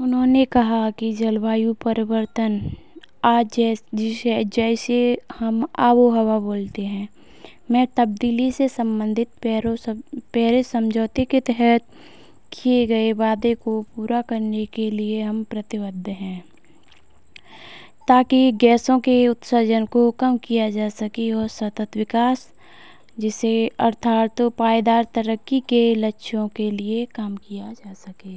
نہوں نے کہا کہ آب و ہوا میں تبدیلی سے متعلق پیرس سمجھوتے کے تحت کیے گئے وعدے کو ہم پورا کرنے کے تئیں عہد بند ہیں، تاکہ گیسوں کے اخراج کو کم کیا جا سکے اور پائیدار ترقی کے مقاصد کے تئیں کام کیا جا سکے۔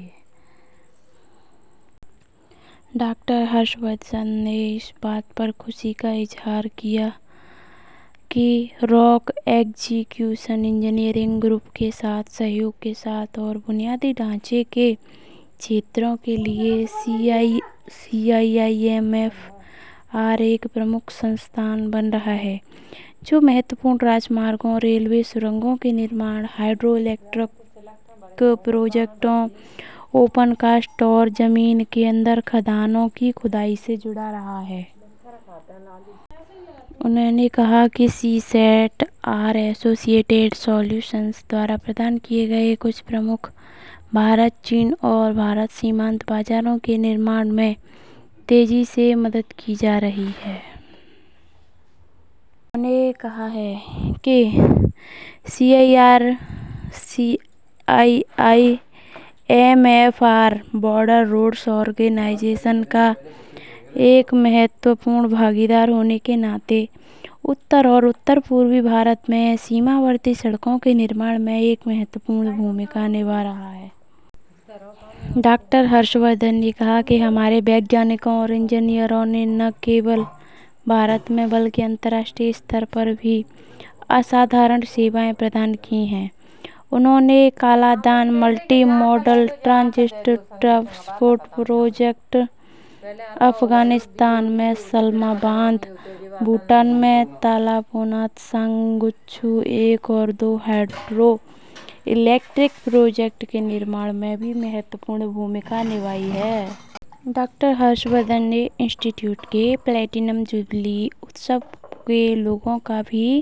ڈاکٹر ہرش وردھن نے اس بات پر خوشی کا اظہار کیا کہ راک ایکسکیویشن انجینئرنگ گروپ کے تئیں تعاون کے ساتھ کلیدی اور بنیادی ڈھانچے کے سیکٹروں کے لیے C I M F R ایک سرکردہ ادارہ رہا ہے، جو اہم شاہراہوں، ریلوے، سرنگوں کی تعمیر، ہائیڈرو الیکٹرک پروجیکٹوں، اوپن کاسٹ اور زمین کے اندر کانوں کی کھدائی سے جڑا رہا ہے۔ انہوں نے کہا کہ C S I R C I M F R کے ذریعے فراہم کردہ ٹیکنالوجی سلوشنز نے کچھ کلیدی اور اہم بھارت-چین اور بھارت-پاکستان سرحدی سڑکوں کی تعمیر کو تیز کرنے میں مدد کی ہے۔ انہوں نے کہا کہ C S I R C I M F R, border road organisation کا ایک اہم ساجھیدار ہوتے ہوئے، شمال اور شمال مشرقی ہندوستان میں سرحدی سڑکوں کی تعمیر میں ایک اہم رول ادا کر رہا ہے۔ ڈاکٹر ہرش وردھن نے کہا کہ ہمارے سائنس دانوں اور انجینئروں نے نہ صرف ہندوستان میں بلکہ بین الاقوامی سطح پر بھی غیر معمولی خدمات انجام دی ہیں۔ انہوں نے کالا دان کثیر مقصدی راہداری پروجیکٹ، افغانستان میں سلما ڈیم اور بھوٹان میں تلا پونت سنگ چو ایک اور دو ہائیڈل پروجیکٹ کی تعمیر میں بھی اہم کردار ادا کیا ہے۔ ڈاکٹر ہرش وردھن نے انسٹی ٹیوٹ کی پلاٹینم جوبلی تقریبات کے لوگو کی بھی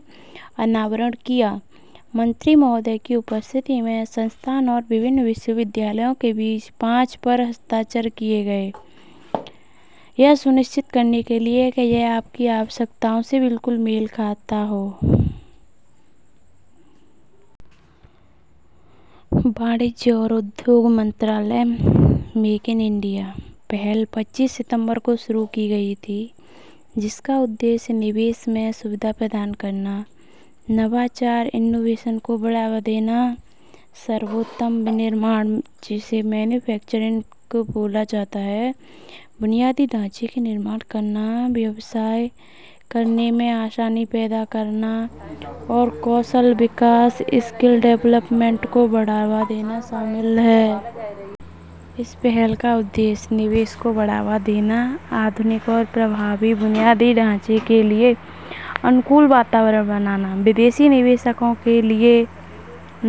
نقاب کشائی کی۔ وزیر موصوف کی موجودگی میں انسٹی ٹیوٹ اور دیگر مختلف کمپنیوں کے درمیان پانچ سمجھوتوں پر دستخط بھی کیے گئے۔ کامرس اور صنعت کی وزارت: میک اِن انڈیا پہل پچیس ستمبر کو شروع کی گئی، جس کا مقصد سرمایہ کاری میں سہولت پیدا کرنا، جدت طرازی کو فروغ دینا، بہترین مینوفیکچرنگ بنیادی ڈھانچہ تعمیر کرنا، کاروبار کرنے میں سہولت پیدا کرنا اور ہنرمندی کے فروغ کو بڑھاوا دینا شامل ہے۔ اس پہل کا مزید مقصد سرمایہ کاری، جدید اور کارگر بنیادی ڈھانچے کے لیے موافق ماحول پیدا کرنا، غیر ملکی سرمایہ کاروں کے لیے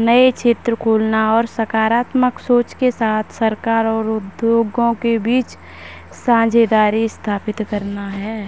نئے شعبے کھولنا اور مثبت ذہن کے ساتھ حکومت اور صنعت کے درمیان شراکت داری قائم کرنا ہے۔